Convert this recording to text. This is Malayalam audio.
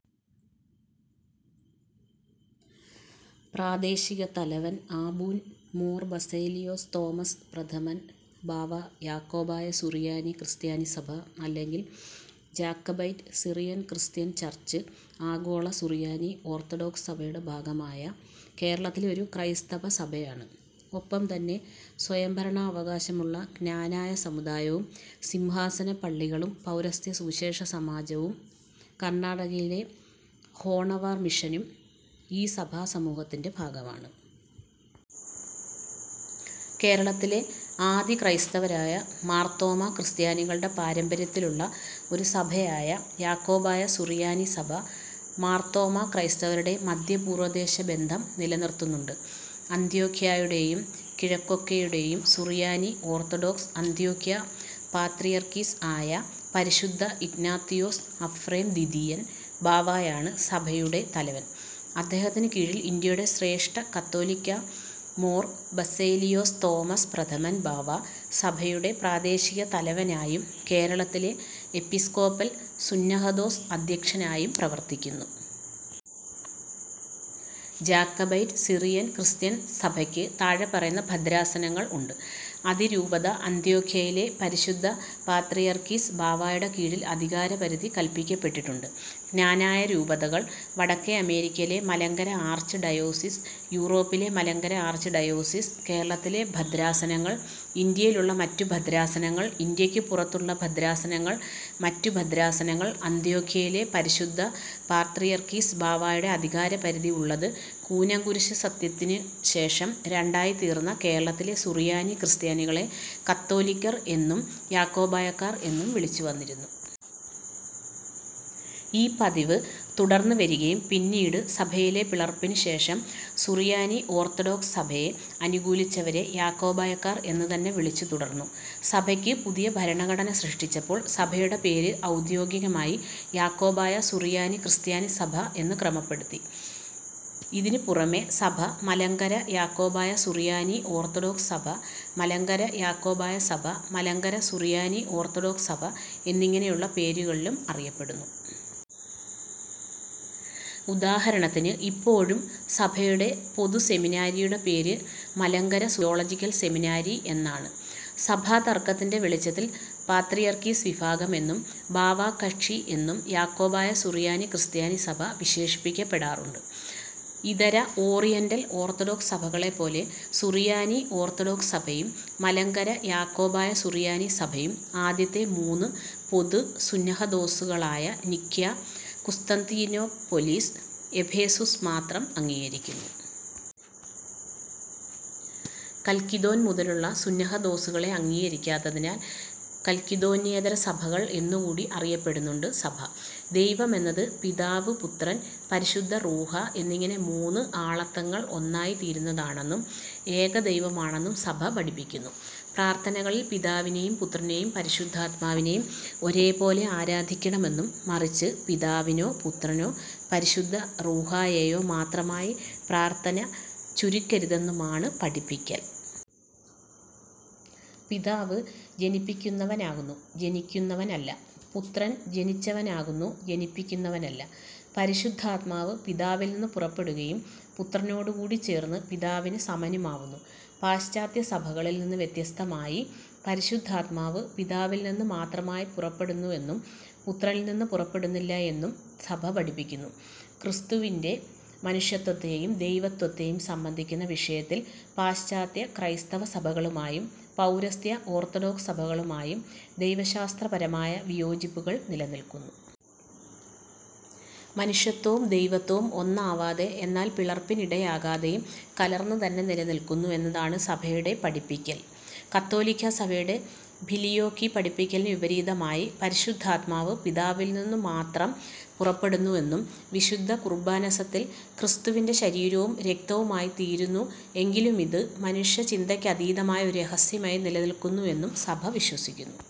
പ്രാദേശിക തലവൻ: ആബൂൻ മോർ ബസേലിയോസ് തോമസ് പ്രഥമൻ ബാവാ യാക്കോബായ സുറിയാനി ക്രിസ്ത്യാനി സഭ അല്ലെങ്കിൽ ജാക്കബൈറ്റ് സിറിയൻ ക്രിസ്ത്യൻ ചർച്, ആഗോള സുറിയാനി ഓർത്തഡോക്സ് സഭയുടെ ഭാഗമായ കേരളത്തിലെ ഒരു ക്രൈസ്തവ സഭയാണ്. ഒപ്പം തന്നെ സ്വയംഭരണാവകാശമുള്ള ക്നാനായ സമുദായവും സിംഹാസന പള്ളികളും പൗരസ്ത്യ സുവിശേഷ സമാജവും കർണാടകയിലെ ഹോണവാർ മിഷനും ഈ സഭാ സമൂഹത്തിൻ്റെ ഭാഗമാണ്. കേരളത്തിലെ ആദിക്രൈസ്തവരായ മാർത്തോമാ ക്രിസ്ത്യാനികളുടെ പാരമ്പര്യത്തിലുള്ള ഒരു സഭയായ യാക്കോബായ സുറിയാനി സഭ, മാർത്തോമാ ക്രൈസ്തവരുടെ മദ്ധ്യപൂർവ്വദേശ ബന്ധം നിലനിർത്തുന്നുണ്ട്. അന്ത്യോഖ്യായുടേയും കിഴക്കൊക്കെയുടേയും സുറിയാനി ഓർത്തഡോക്സ് അന്ത്യോഖ്യാ പാത്രിയർക്കീസ് ആയ പരിശുദ്ധ ഇഗ്നാത്തിയോസ് അഫ്രേം ദ്വിതിയൻ ബാവായാണ് സഭയുടെ തലവൻ. അദ്ദേഹത്തിനു കീഴിൽ ഇന്ത്യയുടെ ശ്രേഷ്ഠ കത്തോലിക്ക മോർ ബസേലിയോസ് തോമസ് പ്രഥമൻ ബാവാ സഭയുടെ പ്രാദേശിക തലവനായും കേരളത്തിലെ എപ്പിസ്കോപ്പൽ സുന്നഹദോസ് അദ്ധ്യക്ഷനായും പ്രവർത്തിക്കുന്നു. ജാക്കബൈറ്റ് സിറിയൻ ക്രിസ്ത്യൻ സഭയ്ക്ക് താഴെ പറയുന്ന ഭദ്രാസനങ്ങൾ ഉണ്ട് അതിരൂപത അന്ത്യോഖ്യയിലെ പരിശുദ്ധ പാത്രീയർക്കീസ് ബാവായുടെ കീഴിൽ അധികാരപരിധി കൽപ്പിക്കപ്പെട്ടിട്ടുണ്ട് ക്നാനായ രൂപതകൾ വടക്കേ അമേരിക്കയിലെ മലങ്കര ആർച്ച് ഡയോസീസ് യൂറോപ്പിലെ മലങ്കര ആർച്ച് ഡയോസീസ് കേരളത്തിലെ ഭദ്രാസനങ്ങൾ ഇന്ത്യയിൽ ഉള്ള മറ്റു ഭദ്രാസനങ്ങൾ ഇന്ത്യയ്ക്ക് പുറത്തുള്ള ഭദ്രാസനങ്ങൾ മറ്റ് ഭദ്രാസനങ്ങൾ അന്ത്യോഖ്യയിലെ പരിശുദ്ധ പാത്രീയർക്കീസ് ബാവായുടെ അധികാരപരിധി ഉള്ളത് കൂനൻ കുരിശു സത്യത്തിനു ശേഷം രണ്ടായിത്തീർന്ന കേരളത്തിലെ സുറിയാനി ക്രിസ്ത്യാനികളെ കത്തോലിക്കർ എന്നും യാക്കോബായക്കാർ എന്നും വിളിച്ചുവന്നിരുന്നു. ഈ പതിവ് തുടർന്ന് വരികയും പിന്നീട് സഭയിലെ പിളർപ്പിനു ശേഷം സുറിയാനി ഓർത്തഡോക്സ് സഭയെ അനുകൂലിച്ചവരെ യാക്കോബായക്കാർ എന്ന് തന്നെ വിളിച്ച് തുടർന്നു. സഭയ്ക്ക് പുതിയ ഭരണഘടന സൃഷ്ടിച്ചപ്പോൾ സഭയുടെ പേര് ഔദ്യോഗികമായി യാക്കോബായ സുറിയാനി ക്രിസ്ത്യാനി സഭ എന്ന് ക്രമപ്പെടുത്തി. ഇതിനു പുറമെ സഭ മലങ്കര യാക്കോബായ സുറിയാനി ഓർത്തഡോക്സ് സഭ, മലങ്കര യാക്കോബായ സഭ, മലങ്കര സുറിയാനി ഓർത്തഡോക്സ് സഭ എന്നിങ്ങനെയുള്ള പേരുകളിലും അറിയപ്പെടുന്നു. ഉദാഹരണത്തിനു ഇപ്പോഴും സഭയുടെ പൊതു സെമിനാരിയുടെ പേര് Malankara Suriyani orthodox theological seminary എന്നാണ്. സഭാതർക്കത്തിൻ്റെ വെളിച്ചത്തിൽ പാത്രിയർക്കീസ് വിഭാഗം എന്നും ബാവാ കക്ഷി എന്നും യാക്കോബായ സുറിയാനി ക്രിസ്ത്യാനി സഭ വിശേഷിപ്പിക്കപ്പെടാറുണ്ട്. ഇതര ഓറിയൻ്റൽ ഓർത്തഡോക്സ് സഭകളെ പോലെ സുറിയാനി ഓർത്തഡോക്സ് സഭയും മലങ്കര യാക്കോബായ സുറിയാനി സഭയും ആദ്യത്തെ മൂന്ന് പൊതു സുന്നഹദോസുകളായ നിഖ്യാ, കുസ്തന്തീനോപ്പൊലീസ്, എഫേസുസ് മാത്രം അംഗീകരിക്കുന്നു. കൽക്കിദോൻ മുതലുള്ള സുന്നഹദോസുകളെ അംഗീകരിക്കാത്തതിനാൽ കൽക്കിദോന്യേതര സഭകൾ എന്നുകൂടി അറിയപ്പെടുന്നുണ്ട് സഭ. ദൈവമെന്നത് പിതാവ് പുത്രൻ, പരിശുദ്ധ റൂഹാ എന്നിങ്ങനെ മൂന്ന് ആളത്തങ്ങൾ ഒന്നായി തീരുന്നതാണെന്നും ഏകദൈവമാണെന്നും സഭ പഠിപ്പിക്കുന്നു. പ്രാർത്ഥനകളിൽ പിതാവിനെയും പുത്രനെയും പരിശുദ്ധാത്മാവിനെയും ഒരേ പോലെ ആരാധിക്കണമെന്നും മറിച്ച് പിതാവിനോ പുത്രനോ പരിശുദ്ധ റൂഹായേയോ മാത്രമായി പ്രാർത്ഥന ചുരുക്കരുതെന്നുമാണ് പഠിപ്പിക്കൽ. "പിതാവ് ജനിപ്പിക്കുന്നവനാകുന്നു, ജനിക്കുന്നവനല്ല. പുത്രൻ ജനിച്ചവനാകുന്നു ജനിപ്പിക്കുന്നവനല്ല. പരിശുദ്ധാത്മാവ് പിതാവിൽ നിന്ന് പുറപ്പെടുകയും പുത്രനോടു കൂടി ചേർന്ന് പിതാവിനു സമനുമാവുന്നു. "പാശ്ചാത്യ സഭകളിൽ നിന്ന് വ്യത്യസ്തമായി പരിശുദ്ധാത്മാവ് പിതാവിൽ നിന്ന് മാത്രമായി പുറപ്പെടുന്നു എന്നും പുത്രനിൽ നിന്ന് പുറപ്പെടുന്നില്ല എന്നും സഭ പഠിപ്പിക്കുന്നു. ക്രിസ്തുവിൻ്റെ മനുഷ്യത്വത്തെയും ദൈവത്വത്തെയും സംബന്ധിക്കുന്ന വിഷയത്തിൽ പാശ്ചാത്യ ക്രൈസ്തവ സഭകളുമായും പൗരസ്ത്യ ഓർത്തഡോക്സ് സഭകളുമായും ദൈവശാസ്ത്രപരമായ വിയോജിപ്പുകൾ നിലനിൽക്കുന്നു. മനുഷ്യത്വവും ദൈവത്വവും ഒന്നാവാതെ എന്നാൽ പിളർപ്പിനിടയാകാതെയും കലർന്ന് തന്നെ നിലനിൽക്കുന്നു എന്നതാണ് സഭയുടെ പഠിപ്പിക്കൽ. കത്തോലിക്ക സഭയുടെ ഫിലിയോക്വി പഠിപ്പിക്കലിനു വിപരീതമായി പരിശുദ്ധാത്മാവ് പിതാവിൽ നിന്ന് മാത്രം പുറപ്പെടുന്നു എന്നും വിശുദ്ധ കുർബാന സത്തിൽ ക്രിസ്തുവിൻ്റെ ശരീരവും രക്തവുമായി തീരുന്നു എങ്കിലുമിത് മനുഷ്യചിന്തക്കതീതമായ ഒരു രഹസ്യമായി നിലനിൽക്കുന്നു എന്നും സഭ വിശ്വസിക്കുന്നു.